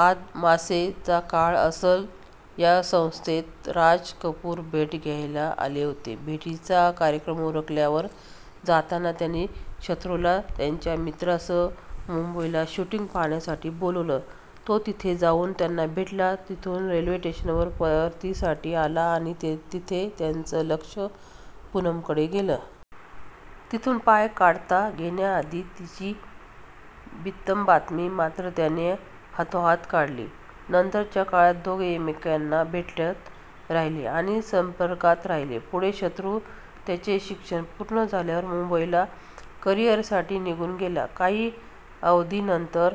आदमासे चा काळ असेल, या संस्थेत राजकपूर भेट द्यायला आले होते. भेटीचा कार्यक्रम उरकल्यावर जाताना त्यांनी शत्रूला त्याच्या मित्रांसह मुंबईला शुटींग पाहण्यासाठी बोलवले. तो तिथे जाऊन त्यांना भेटला. तो तिथून रेल्वे स्टेशनवर परतीसाठी आला आणि तिथे त्याचे लक्ष पूनमकडे गेले. तिथून पाय काढता घेण्याआधी तिची बित्तंबातमी मात्र त्याने हातोहात काढली. नंतरच्या काळात दोघे एकेमकाला भेटत राहिले आणि संपर्कात राहिले. पुढे शत्रू त्याचे शिक्षण पूर्ण झाल्यावर मुंबईला करिअरसाठी निघून गेला. काही अवधीनंतर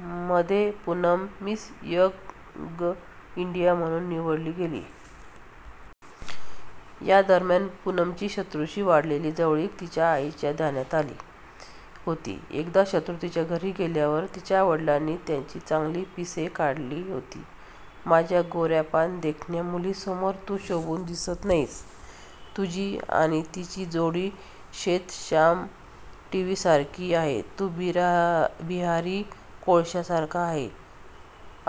मध्ये पूनम मिस यंग इंडिया म्हणून निवडली गेली. यादरम्यान पूनमची शत्रूशी वाढलेली जवळीक तिच्या आईच्या ध्यानात आली होती. एकदा शत्रू तिच्या घरी गेल्यावर तिच्या वडिलांनी त्याची चांगली पिसे काढली होती. "माझ्या गोऱ्यापान देखण्या मुलीसमोर तू शोभून दिसत नाहीस तुझी आणि तिची जोडी श्वेतशाम टीव्ही सारखी आहे, तू बिहारी कोळशासारखा आहेस"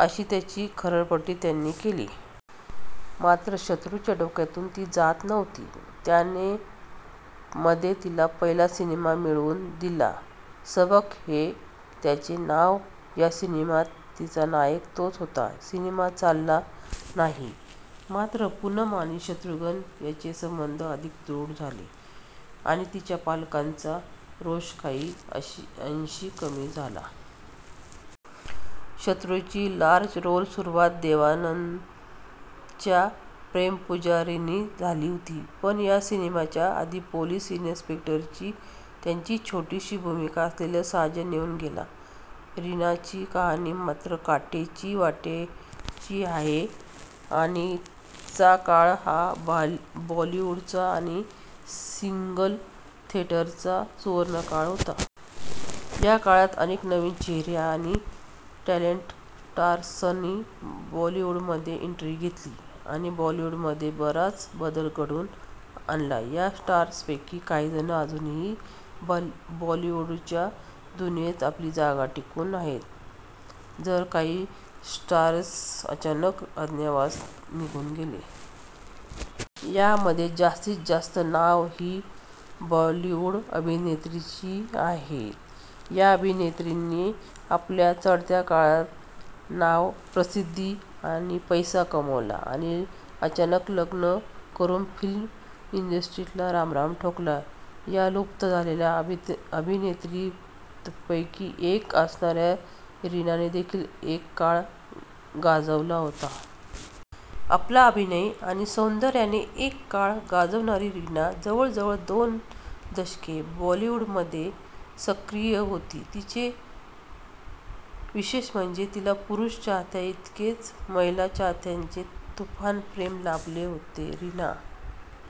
अशी त्याची खरडपट्टी त्यांनी केली. मात्र शत्रूच्या डोक्यातून ती जात नव्हती, त्याने मध्ये तिला पहिला सिनेमा मिळवून दिला 'सबक' हे त्याचे नाव. या सिनेमात तिचा नायक तोच होता. सिनेमा चालला नाही मात्र पूनम आणि शत्रुघ्न यांचे संबंध अधिक दृढ झाले आणि तिच्या पालकांचा रोष काही अंशी कमी झाला. शत्रूची लार्ज रोल सुरुवात देवआनंदच्या प्रेमपुजारीने झाली होती पण या सिनेमाच्या आधी पोलीस इन्स्पेक्टरची त्याची छोटीशी भूमिका असलेला 'साजन' येऊन गेला. रीनाची कहानी मात्र काटेरी वाटेची आहे. आणि चा काळ हा बॉलिवूडचा आणि सिंगल थियेटरचा सुवर्णकाळ होता. या काळात अनेक नवीन चेहरे आणि टॅलेंटेड स्टार्सनी बॉलिवूडमध्ये एन्ट्री घेतली आणि बॉलिवूडमध्ये बराच बदल घडवून आणला. या स्टार्सपैकी काहीजण अजूनही बॉलिवूडच्या दुनियेत आपली जागा टिकवून आहेत, तर काही स्टार्स अचानक अज्ञातवासात निघून गेले. यामध्ये जास्तीत जास्त नावं ही बॉलिवूड अभिनेत्रींची आहेत. या अभिनेत्रींनी आपल्या चढत्या काळात नाव, प्रसिद्धी आणि पैसा कमावला आणि अचानक लग्न करुन फिल्म इंडस्ट्रीला रामराम ठोकला. या लुप्त झालेल्या अभिनेत्रीतपैकी एक असणाऱ्या रीनाने देखील एक काळ गाजवला होता. आपल्या अभिनय आणि सौंदर्याने एक काळ गाजवणारी रीना जवळजवळ दोन दशके बॉलीवूडमध्ये सक्रीय होती. तिचे विशेष म्हणजे तिला पुरुष चाहत्यांइतकेच महिला चाहत्यांचे तुफान प्रेम लाभले होते. रीना